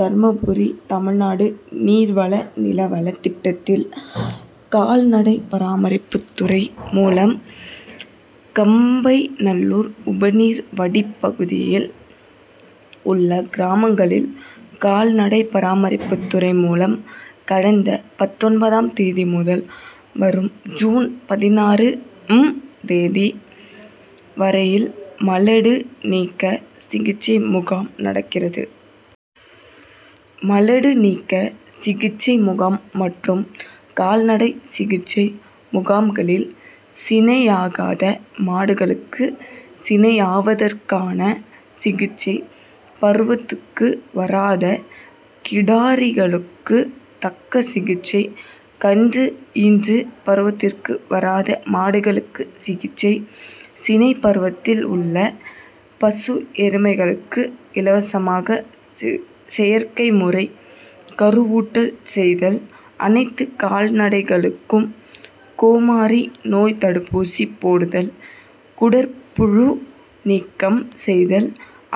தர்மபுரி தமிழ்நாடு நீர்வள நிலவள திட்டத்தில் கால்நடை பராமரிப்பு துறை மூலம் கம்பைநல்லூர் உபநீர் வடிப்பகுதியில் உள்ள கிராமங்களில் கால்நடை பராமரிப்பு துறை மூலம் கடந்த பத்தொன்பதாம் தேதி முதல் வரும் ஜூன் பதினாறு ம் தேதி வரையில் மலடு நீக்க சிகிச்சை முகாம் நடக்கிறது. மலடு நீக்க சிகிச்சை முகாம் மற்றும் கால்நடை சிகிச்சை முகாம்களில் சினையாகாத மாடுகளுக்கு சினையாவதற்கான சிகிச்சை, பருவத்துக்கு வராத கிடாரிகளுக்கு தக்க சிகிச்சை, கன்று ஈன்று பருவத்திற்கு வராத மாடுகளுக்கு சிகிச்சை, சினை பருவத்தில் உள்ள பசு, எருமைகளுக்கு இலவசமாக செயற்கை முறை கருவூட்டல் செய்தல், அனைத்து கால்நடைகளுக்கும் கோமாரி நோய் தடுப்பூசி போடுதல், குடற்புழு நீக்கம் செய்தல்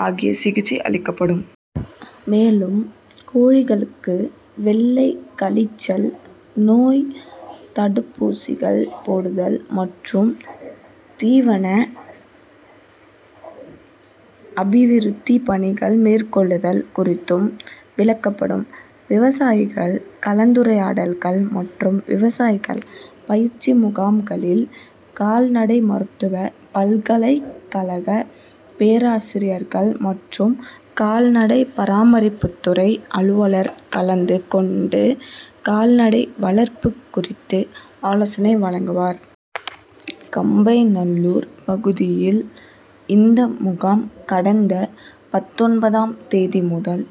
ஆகிய சிகிச்சை அளிக்கப்படும். மேலும் கோழிகளுக்கு வெள்ளை கழிச்சல் நோய் தடுப்பூசிகள் போடுதல் மற்றும் தீவன அபிவிருத்தி பணிகள் மேற்கொள்ளுதல் குறித்தும் விளக்கப்படும். விவசாயிகள் கலந்துரையாடல்கள் மற்றும் விவசாயிகள் பயிற்சி முகாம்களில் கால்நடை மருத்துவ பல்கலைக்கழக பேராசிரியர்கள் மற்றும் கால்நடை பராமரிப்புத்துறை அலுவலர் கலந்து கொண்டு கால்நடை வளர்ப்பு குறித்து ஆலோசனை வழங்குவார். கம்பைநல்லூர் பகுதியில் இந்த முகாம் கடந்த பத்தொன்பதாம் தேதி முதல்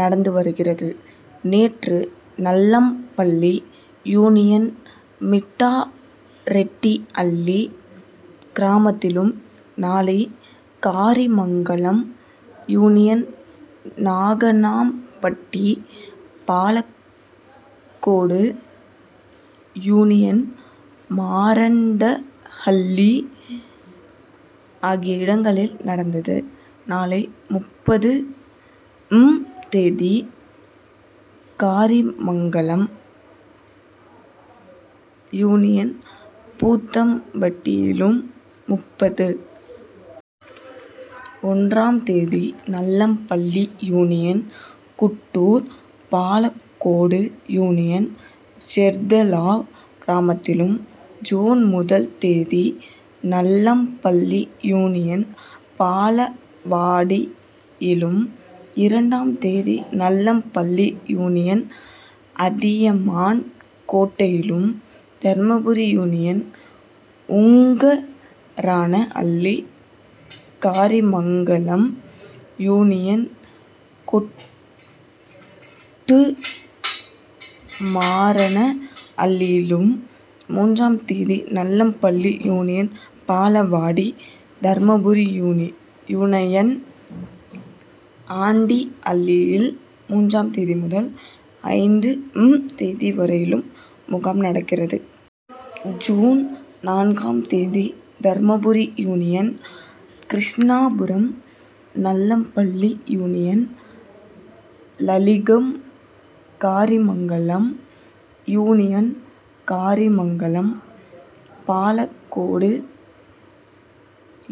நடந்து வருகிறது. நேற்று நல்லம்பள்ளி யூனியன் மிட்டாரெட்டிஅள்ளி கிராமத்திலும், நாளை காரிமங்கலம் யூனியன் நாகனாம்பட்டி, பாலக்கோடு யூனியன் மாரண்டஹள்ளி ஆகிய இடங்களில் நடந்தது. நாளை முப்பது ம் தேதி காரிமங்கலம் யூனியன் பூத்தம்பட்டியிலும், முப்பது ஒன்றாம் தேதி நல்லம்பள்ளி யூனியன் குட்டூர், பாலக்கோடு யூனியன் ஜெர்தலாவ் கிராமத்திலும், ஜூன் முதல் தேதி நல்லம்பள்ளி யூனியன் பாலவாடியிலும், இரண்டாம் தேதி நல்லம்பள்ளி யூனியன் அதியமான்கோட்டையிலும், தர்மபுரி யூனியன் உங்கரானஅள்ளி, காரிமங்கலம் யூனியன் கொட்டுமாரனஅள்ளியிலும், மூன்றாம் தேதி நல்லம்பள்ளி யூனியன் பாலவாடி, தர்மபுரி யூனயன் ஆண்டிஅள்ளியில் மூன்றாம் தேதி முதல் ஐந்து ம் தேதி வரையிலும் முகாம் நடக்கிறது. ஜூன் நான்காம் தேதி Dharmapuri union Krishnapuram, Nallampalli union Laligam, Karimangalam union Karimangalam, Palacode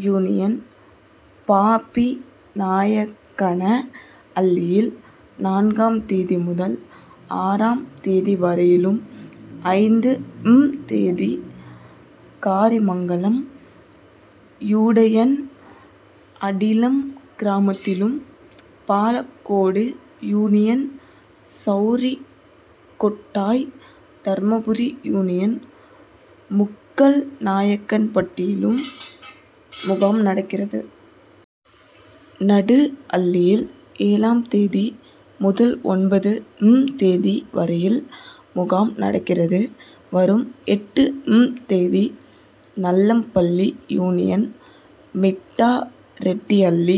union பாப்பிநாயக்கனஅள்ளியில் நான்காம் தேதி முதல் ஆராம் தேதி வரையிலும், ஐந்து ம் தேதி காரிமங்கலம் யூடயன் அடிலம் கிராமத்திலும், பாலக்கோடு யூனியன் சவுரிக்கொட்டாய், தர்மபுரி யூனியன் முக்கல்நாயக்கன்பட்டியிலும் முகாம் நடக்கிறது. நடுஅள்ளியில் ஏழாம் தேதி முதல் ஒன்பது ம் தேதி வரையில் முகாம் நடக்கிறது. வரும் எட்டு ம் தேதி Nallampalli union Mittareddihalli,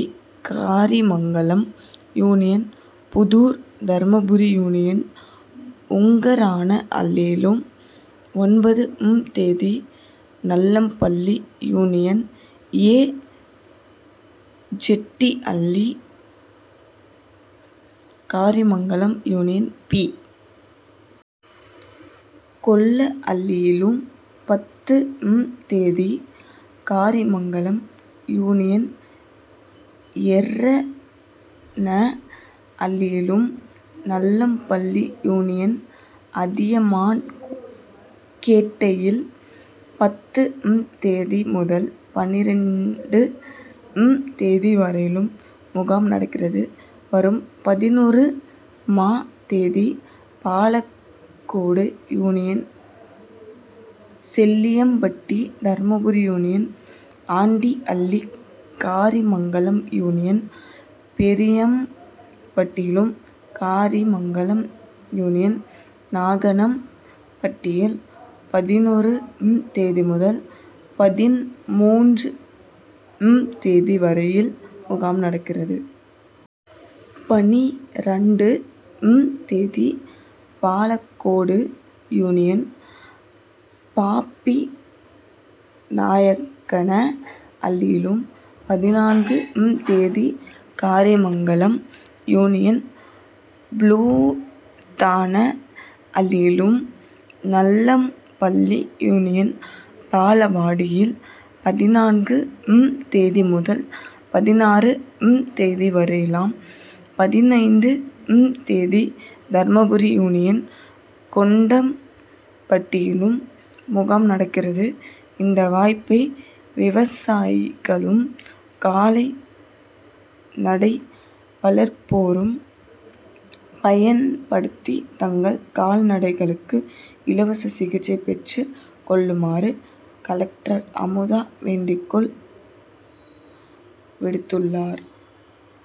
Karimangalam union Puthur, Dharmapuri union உங்கரானஅள்ளியிலும், ஒன்பது ம் தேதி Nallampalli union A. Jettihalli, Karimangalam union B. கொல்லஅள்ளியிலும், பத்து ம் தேதி காரிமங்கலம் யூனியன் எர்ரனஅள்ளியிலும், நல்லம்பள்ளி யூனியன் அதியமான்கேட்டையில் பத்து ம் தேதி முதல் பன்னிரண்டு ம் தேதி வரையிலும் முகாம் நடக்கிறது. வரும் பதினொறு ம தேதி Palacode union Chelliampatti, Dharmapuri union Andihalli, Karimangalam union பெரியம்பட்டியிலும், காரிமங்கலம் யூனியன் நாகனம்பட்டியில் பதினொறு தேதி முதல் பதின்மூன்று ம் தேதி வரையில் முகாம் நடக்கிறது. பன்னிரண்டு ம் தேதி பாலக்கோடு யூனியன் பாப்பிநாயக்கனஅள்ளியிலும், பதினான்கு ம் தேதி காரிமங்கலம் யூனியன் புளுத்தானஅள்ளியிலும், நல்லம்பள்ளி யூனியன் பாலவாடியில் பதினான்கு ம் தேதி முதல் பதினாறு ம் தேதி வரையிலம், பதினைந்து ம் தேதி தர்மபுரி யூனியன் கொண்டம்பட்டியிலும் முகாம் நடக்கிறது. இந்த வாய்ப்பை விவசாயிகளும் கால்நடை வளர்ப்போரும் பயன்படுத்தி தங்கள் கால்நடைகளுக்கு இலவச சிகிச்சை பெற்று கொள்ளுமாறு கலெக்டர் அமுதா வேண்டிகோள் விடுத்துள்ளார்.